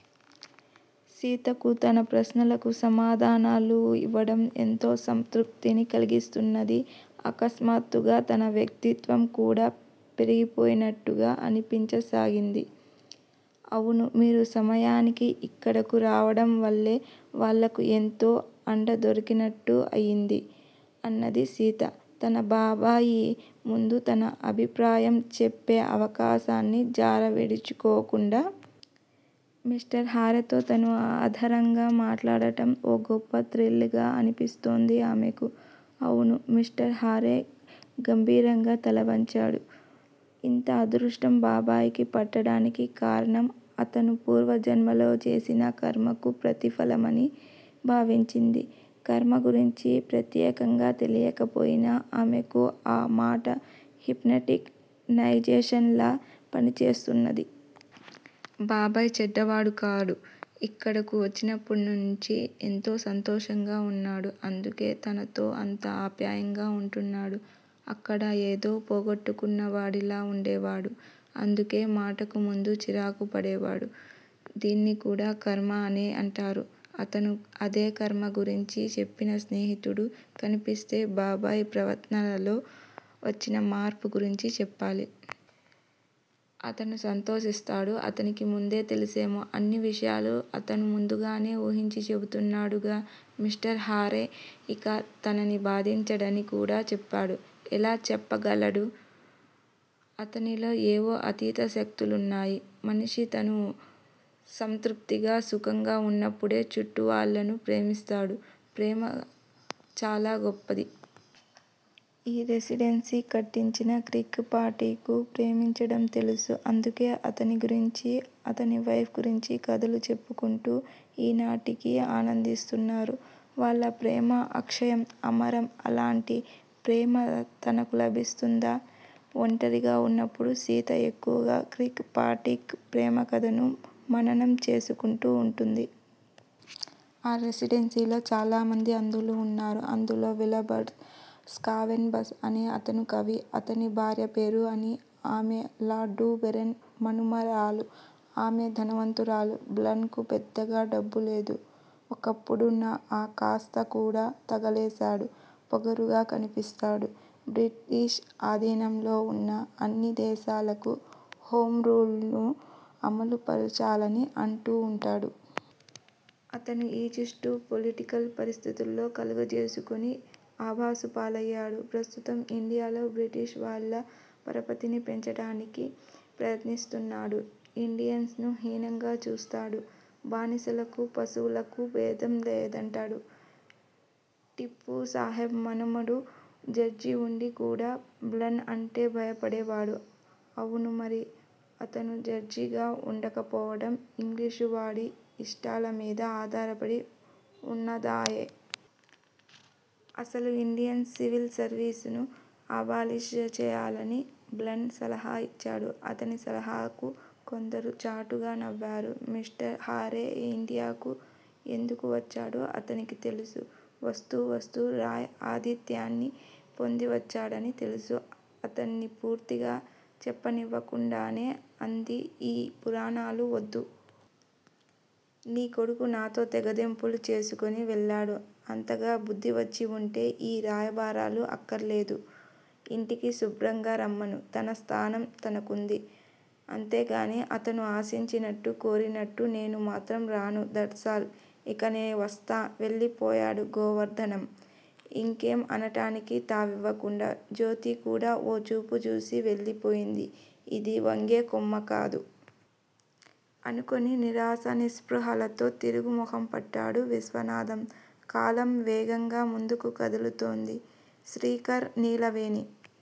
సీతకు తన ప్రశ్నలకు సమాధానాలు ఇవ్వడం ఎంతో సంతృప్తిని కలిగిస్తున్నది. అకస్మాత్తుగా తన వ్యక్తిత్వం కూడా పెరిగిపోయినట్టుగా అన్పించసాగింది. అవును! మీరు సమయానికి ఇక్కడకు రావడంవల్లే వాళ్ళకు ఎంతో అండదొరికినట్టు అయింది. అన్నది సీత తన బాబాయి ముందు తన అభిప్రాయం చెప్పే అవకాశాన్ని జారవిడుచుకోకుండా. మిస్టర్ హారేతో తను ఆధరంగా మాట్లాడగలగడం ఓ గొప్ప థ్రిల్ గా అనిపిస్తోంది ఆమెకు. అవును! మిస్టర్ హారే గంభీరంగా తలవంచాడు. ఇంత అదృష్టం బాబాయికి పట్టడానికి కారణం అతను పూర్వజన్మలో చేసిన కర్మకు ప్రతిఫలమని భావించింది. కర్మ గురించి ప్రత్యేకంగా తెలియకపోయినా ఆమెకు ఆ మాట హిప్నటిక్ నైజేషన్ లా పనిచేస్తున్నది. బాబాయ్ చెడ్డవాడు కాడు. ఇక్కడకు వచ్చినప్పటినుంచి ఎంతో సంతోషంగా వున్నాడు. అందుకే తనతో అంత ఆప్యాయంగా వుంటున్నాడు. అక్కడ ఏదో పోగొట్టుకున్నవాడిలా వుండేవాడు. అందుకే మాటకుముందు చిరాకు పడేవాడు. దీన్ని కూడా కర్మ అనే అంటారు. అతను అదే కర్మ గురించి చెప్పిన స్నేహితుడు కన్పిస్తే బాబాయి ప్రవర్తనలో వచ్చిన మార్పు గురించి చెప్పాలి. అతను సంతోషిస్తాడు. అతనికి ముందే తెలుసేమో! అన్ని విషయాలు అతను ముందుగానే ఊహించి చెబుతున్నాడుగా. మిస్టర్ హారే ఇక తనని బాధించడని కూడా చెప్పాడు. ఎలా చెప్పగలడు? అతనిలో ఏవో అతీత శక్తులున్నాయి. మనిషి తను సంతృప్తిగా, సుఖంగా ఉన్నప్పుడే చుట్టూ వాళ్ళను ప్రేమిస్తాడు. ప్రేమ చాలా గొప్పది. ఈ రెసిడెన్సీని కట్టించిన కిర్క్ పాట్రిక్ కు ప్రేమించడం తెలుసు. అందుకే అతని గురించీ, అతని వైఫ్ గురించి కథలు చెప్పుకుంటూ ఈనాటికీ ఆనందిస్తున్నారు. వాళ్ళ ప్రేమ అక్షయం, అమరం. అలాంటి ప్రేమ తనకు లభిస్తుందా? వంటరిగా ఉన్నప్పుడు సీత ఎక్కువగా కిర్క్ పాట్రిక్ ప్రేమకథను మననం చేసుకుంటూ వుంటుంది. ఆ రెసిడెన్సీలో చాలామంది అంధులు వున్నారు. అందులో విలబర్డ్ స్కావెన్ బస్ అనే అతను కవి. అతని భార్య పేరు అనీ. ఆమె లార్డు బెరన్ మనుమరాలు. ఆమె ధనవంతురాలు. బ్లన్ కు పెద్దగా డబ్బులేదు. ఒకప్పుడున్న ఆకాస్త కూడా తగలేశాడు. పొగరుగా కన్పిస్తాడు. బ్రిటిష్ ఆధీనంలో వున్న అన్ని దేశాలకూ హోంరూలును అమలు పరచాలని అంటూ వుంటాడు. అతను ఈజిప్టు పొలిటికల్ పరిస్థితుల్లో కలుగజేసుకొని అభాసుపాలయ్యాడు. ప్రస్తుతం ఇండియాలో బ్రిటిష్ వాళ్ళ పరపతిని పెంచటానికి ప్రయత్నిస్తున్నాడు. ఇండియన్స్ ను హీనంగా చూస్తాడు. బానిసలకూ పశువులకూ భేదం లేదంటాడు. టీపూ సాహెబ్ మనుమడు జడ్జిగా వుండి కూడా బ్లన్ అంటే భయపడేవాడు. అవును! మరి! అతను జడ్జిగా వుండకపోవటం ఇంగ్లీషువాడి ఇష్టాల మీద ఆధారపడి వున్నదాయె! అసలు ఇండియన్ సివిల్ సర్వీసును అబాలిష్ చెయ్యాలని బ్లన్ సలహా ఇచ్చాడు. అతని సలహాకు కొందరు చాటుగా నవ్వుకున్నారు. మిస్టర్ హారే ఇండియాకు ఎందుకు వచ్చాడో అతనికి తెలుసు. వస్తూవస్తూ రాయ్ ఆతిథ్యాన్ని పొంది వచ్చాడని తెలుసు. అతన్ని పూర్తిగా చెప్పనివ్వకుండానే అంది. ఈ పురాణాలు వద్దు. నీ కొడుకు నాతో తెగతెంపులు చేసుకుని వెళ్ళాడు. అంతగా బుద్ధి వచ్చివుంటే యీ రాయబారాలు అక్కరలేదు. ఇంటికి శుభ్రంగా రమ్మను. తన స్థానం తనకుంది. అంతేగానీ అతను ఆశించినట్టు కోరినట్టు నేను మాత్రం రాను! దట్సాల్! యికనే వస్తా? వెళ్ళిపోయాడు గోవర్ధనం ఇంకేం అనటానికీ తావివ్వకుండా జ్యోతికూడా ఓ చూపు విసిరి వెళ్ళిపోయింది ఇది వంగేకొమ్మ కాదు! అనుకుని నిరాశా నిస్పృహలతో తిరుగు ముఖంపట్టాడు విశ్వనాథం. కాలం వేగంగా ముందుకు కదలిపోతోంది. శ్రీకర్ నీలవేణి